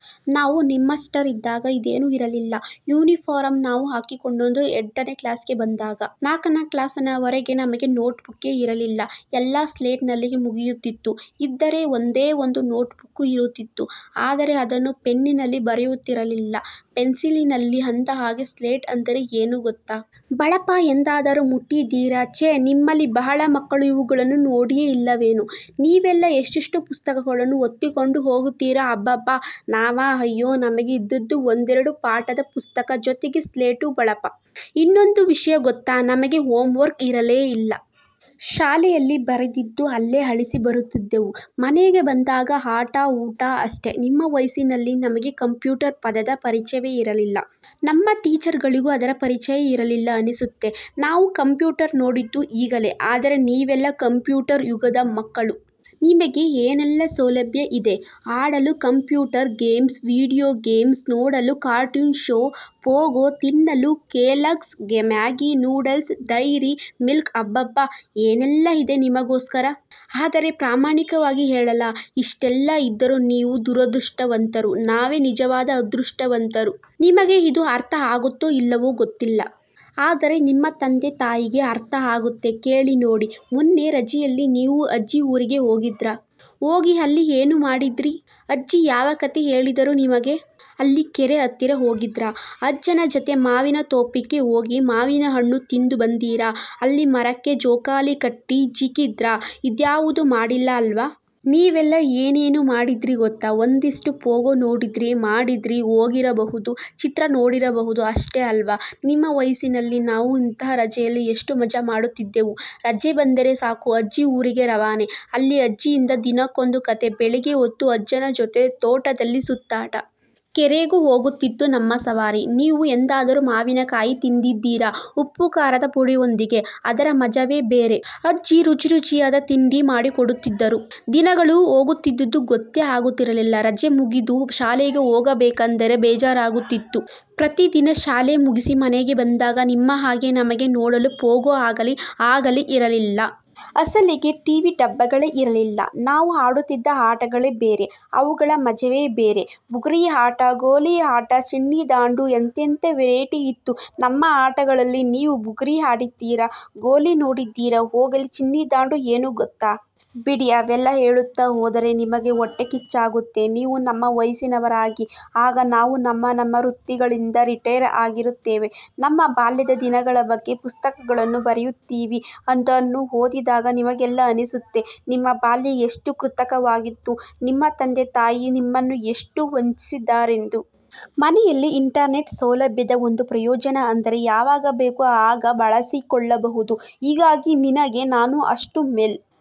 ನಾವು ನಿಮ್ಮಷ್ಟರಿದ್ದಾಗ ಇದೇನು ಇರಲಿಲ್ಲ. ಯೂನಿಫಾರಮ್ ನಾವು ಹಾಕಿಕೊಂಡದ್ದು ಎಂಟನೆ ಕ್ಲಾಸಿಗೆ ಬಂದಾಗ, ನಾಲ್ಕನೇ ಕ್ಲಾಸಿನವರಗೆ ನಮಗೆ ನೋಟ್ ಬುಕ್ಕೇ ಇರಲಿಲ್ಲ. ಎಲ್ಲಾ ಸ್ಲೇಟ್ ನಲ್ಲೇ ಮುಗಿಯುತಿತ್ತು. ಇದ್ದರೆ ಒಂದೇ ಒಂದು ನೋಟ್ ಬುಕ್ ಇರುತಿತ್ತು. ಆದರೆ ಅದನ್ನು ಪೆನ್ನಿನಲ್ಲಿ ಬರೆಯುತ್ತಿರಲಿಲ್ಲ, ಪೆನ್ಸಿಲಿನಲ್ಲಿ. ಅಂದಹಾಗೆ ಸ್ಲೇಟು ಅಂದರೆ ಏನು ಗೊತ್ತಾ? ಬಳಪ ಎಂದಾದರು ಮುಟ್ಟಿದ್ದೀರಾ? ಛೇ ನಿಮ್ಮಲ್ಲಿ ಬಹಳ ಮಕ್ಕಳು ಇವುಗಳನ್ನು ನೋಡಿಯೇ ಇಲ್ಲವೇನೊ? ನೀವೆಲ್ಲಾ ಎಷ್ಟೆಷ್ಟು ಪುಸ್ತಕಗಳನ್ನು ಹೊತ್ತಿಕೊಂಡು ಹೋಗುತ್ತೀರಾ, ಅಬ್ಬಬ್ಬಾ! ನಾವಾ ಅಯ್ಯೋ, ನಮಗೆ ಇದ್ದದ್ದು ಒಂದೆರಡು ಪಾಠದ ಪುಸ್ತಕ ಜೊತೆಗೆ ಸ್ಲೇಟು ಬಳಪ. ಇನ್ನೊಂದು ವಿಷಯ ಗೊತ್ತ ನಮಗೆ ಹೋಮ್ ವರ್ಕ್ ಇರಲೇ ಇಲ್ಲ. ಶಾಲೆಯಲ್ಲಿ ಬರೆದಿದ್ದು ಅಲ್ಲೆ ಅಳಿಸಿ ಬರುತ್ತಿದ್ದೆವು. ಮನೆಗೆ ಬಂದಾಗ ಆಟ ಊಟ ಅಷ್ಟೆ. ನಿಮ್ಮ ವಯಸ್ಸಿನಲ್ಲಿ ನಮಗೆ 'ಕಂಪ್ಯೂಟರ್' ಪದದ ಪರಿಚಯವೇ ಇರಲಿಲ್ಲ. ನಮ್ಮ ಟೀಚರ್ ಗಳಿಗೂ ಅದರ ಪರಿಚಯ ಇರಲಿಲ್ಲ ಅನ್ನಿಸುತ್ತೆ. ನಾವು ಕಂಪ್ಯೂಟರ್ ನೋಡಿದ್ದು ಈಗಲೇ. ಆದರೆ ನೀವೆಲ್ಲ ಕಂಪ್ಯೂಟರ್ ಯುಗದ ಮಕ್ಕಳು. ನಿಮಗೆ ಏನೆಲ್ಲಾ ಸೌಲಭ್ಯ ಇದೆ. ಆಡಲು ಕಂಪ್ಯೂಟರ್ ಗೇಮ್ಸ್, ವೀಡಿಯೋ ಗೇಮ್ಸ್, ನೋಡಲು ಕಾರ್ಟೂನ್ ಶೊ, ಪೋಗೊ, ತಿನ್ನಲು ಕೆಲಾಗ್ಸ್, ಮ್ಯಾಗಿ ನೂಡಲ್ಸ್, ಡೈರಿ ಮಿಲ್ಕ್ಅಬ್ಬಬ್ಬಾ, ಏನೆಲ್ಲಾ ಇದೆ 'ನಿಮಗೋಸ್ಕರ'? ಆದರೆ ಪ್ರಾಮಾಣಿಕವಾಗಿ ಹೇಳಲಾ? ಇಷ್ಟೆಲ್ಲಾ ಇದ್ದರು ನೀವು ದುರಾದೃಷ್ಟವಂತರು ನಾವೆ ನಿಜವಾದ ಅದೃಷ್ಟವಂತರು. ನಿಮಗೆ ಇದು ಅರ್ಥ ಆಗುತ್ತೋ ಇಲ್ಲವೋ ಗೊತ್ತಿಲ್ಲ. ಆದರೆ ನಿಮ್ಮ ತಂದೆ-ತಾಯಿಗೆ ಅರ್ಥ ಆಗುತ್ತೆ, ಕೇಳಿ ನೋಡಿ. ಮೊನ್ನೆ ರಜೆಯಲ್ಲಿ ನೀವು ಅಜ್ಜಿ ಊರಿಗೆ ಹೋಗಿದ್ರಾ? ಹೋಗಿ ಅಲ್ಲಿ ಏನ್ ಮಾಡಿದ್ರಿ? ಅಜ್ಜಿ ಯಾವ ಕತೆ ಹೇಳಿದರು ನಿಮಗೆ? ಅಲ್ಲಿ ಕೆರೆ ಹತ್ತಿರ ಹೋಗಿದ್ರಾ? ಅಜ್ಜನ ಜತೆ ಮಾವಿನ ತೋಪಿಗೆ ಹೋಗಿ ಮಾವಿನ ಹಣ್ಣು ತಿಂದು ಬಂದಿರಾ ಅಲ್ಲಿ ಮರಕ್ಕೆ ಜೋಕಾಲಿ ಕಟ್ಟಿ ಜೀಕಿದ್ರಾ ಇದ್ಯಾವುದು ಮಾಡಿಲ್ಲ ಅಲ್ವಾ? ನೀವೆಲ್ಲ ಏನೇನು ಮಾಡಿದ್ರಿ ಗೊತ್ತು. ಒಂದಿಷ್ಟು ಪೊಗೊ ನೋಡಿದ್ರಿ, ಮಾಡಿದ್ರಿ, ಹೋಗಿರಬಹುದು, ಚಿತ್ರ ನೋಡಿರಬಹುದು. ಅಷ್ಟೆ ಅಲ್ವಾ ನಿಮ್ಮ ವಯಸ್ಸಿನಲ್ಲಿ ನಾವು ಇಂತಹ ರಜೆಯಲ್ಲಿ ಎಷ್ಟು ಮಜಾ ಮಾಡುತ್ತಿದ್ದೆವು. ರಜೆ ಬಂದರೆ ಸಾಕು, ಅಜ್ಜಿ ಊರಿಗೆ ರವಾನೆ. ಅಲ್ಲಿ ಅಜ್ಜಿಯಿಂದ ದಿನಕ್ಕೊಂದು ಕತೆ. ಬೆಳಿಗ್ಗೆ ಹೊತ್ತು ಅಜ್ಜನ ಜೊತೆ ತೋಟದಲ್ಲಿ ಸುತ್ತಾಟ. ಕೆರೆಗೂ ಹೋಗುತಿತ್ತು ನಮ್ಮ ಸವಾರಿ. ನೀವು ಎಂದಾದರು ಮಾವಿನ ಕಾಯಿ ತಿಂದಿದ್ದೀರಾ, ಉಪ್ಪು ಖಾರದ ಪುಡಿಯೊಂದಿಗೆ? ಅದರ ಮಜವೇ ಬೇರೆ. ಅಜ್ಜಿ ರುಚಿ ರುಚಿಯಾದ ತಿಂಡಿ ಮಾಡಿಕೊಡುತ್ತಿದ್ದರು. ದಿನಗಳು ಹೋಗುತ್ತಿದ್ದದ್ದು ಗೊತ್ತೇ ಆಗುತ್ತಿರಲಿಲ್ಲ. ರಜೆ ಮುಗಿದು ಶಾಲೆಗೆ ಹೋಗಬೇಕೆಂದರೇ ಬೇಜಾರಾಗುತಿತ್ತು. ಪ್ರತಿದಿನ ಶಾಲೆ ಮುಗಿಸಿ ಮನೆಗೆ ಬಂದಾಗ ನಿಮ್ಮ ಹಾಗೆ ನಮಗೆ ನೋಡಲು ಪೊಗೊ ಆಗಲಿ, ಆಗಲಿ ಇರಲಿಲ್ಲ. ಅಸಲಿಗೆ ಟಿ ವಿ ಡಬ್ಬಗಳೇ ಇರಲಿಲ್ಲ. ನಾವು ಆಡುತ್ತಿದ್ದ ಆಟಗಳೇ ಬೇರೆ ಅವುಗಳ ಮಜವೇ ಬೇರೆ. ಬುಗುರಿ ಆಟ, ಗೋಲಿ ಆಟ, ಚಿಣ್ಣಿ ದಾಂಡು. ಎಂತೆಂಥಾ ವೆರೈಟಿ ಇತ್ತು ನಮ್ಮ ಆಟಗಳಲ್ಲಿ ನೀವು ಬುಗುರಿ ಆಡಿದ್ದೀರಾ? ಗೋಲಿ ನೋಡಿದ್ದೀರಾ? ಹೋಗಲಿ, ಚಿನ್ನಿ ದಾಂಡು ಏನು ಗೊತ್ತಾ? ಬಿಡಿ, ಅವೆಲ್ಲಾ ಹೇಳುತ್ತಾ ಹೋದರೆ ನಿಮಗೆ ಹೋಟ್ಟೆಕಿಚ್ಚಾಗುತ್ತೆ. ನೀವೂ ನಮ್ಮ ವಯಸ್ಸಿನವರಾಗಿ. ಆಗ ನಾವು ನಮ್ಮ ನಮ್ಮ ವೃತ್ತಿಗಳಿಂದ ರಿಟೈರ್ ಆಗಿರುತ್ತೇವೆ. ನಮ್ಮ ಬಾಲ್ಯದ ದಿನಗಳ ಬಗ್ಗೆ ಪುಸ್ತಕಗಳನ್ನು ಬರೆಯುತ್ತೀವಿ ಅದನ್ನು ಓದಿದಾಗ ನಿಮಗೆಲ್ಲಾ ಅನ್ನಿಸುತ್ತೆ, ನಿಮ್ಮ ಬಾಲ್ಯ ಎಷ್ಟು ಕೃತಕವಾಗಿತ್ತು, ನಿಮ್ಮ ತಂದೆ ತಾಯಿ ನಿಮ್ಮನ್ನು ಎಷ್ಟು 'ವಂಚಿಸಿ'ದ್ದಾರೆಂದು! ಮನೆಯಲ್ಲಿ ಇಂಟರ್ನೆಟ್ ಸೌಲಭ್ಯದ ಒಂದು ಪ್ರಯೋಜನ ಅಂದರೆ ಯಾವಾಗ ಬೇಕು ಆಗ ಬಳಸಿಕೊಳ್ಳಬಹುದು. ಹೀಗಾಗಿ ನಿನಗೆ ನಾನು ಅಷ್ಟು ಮೇಲ್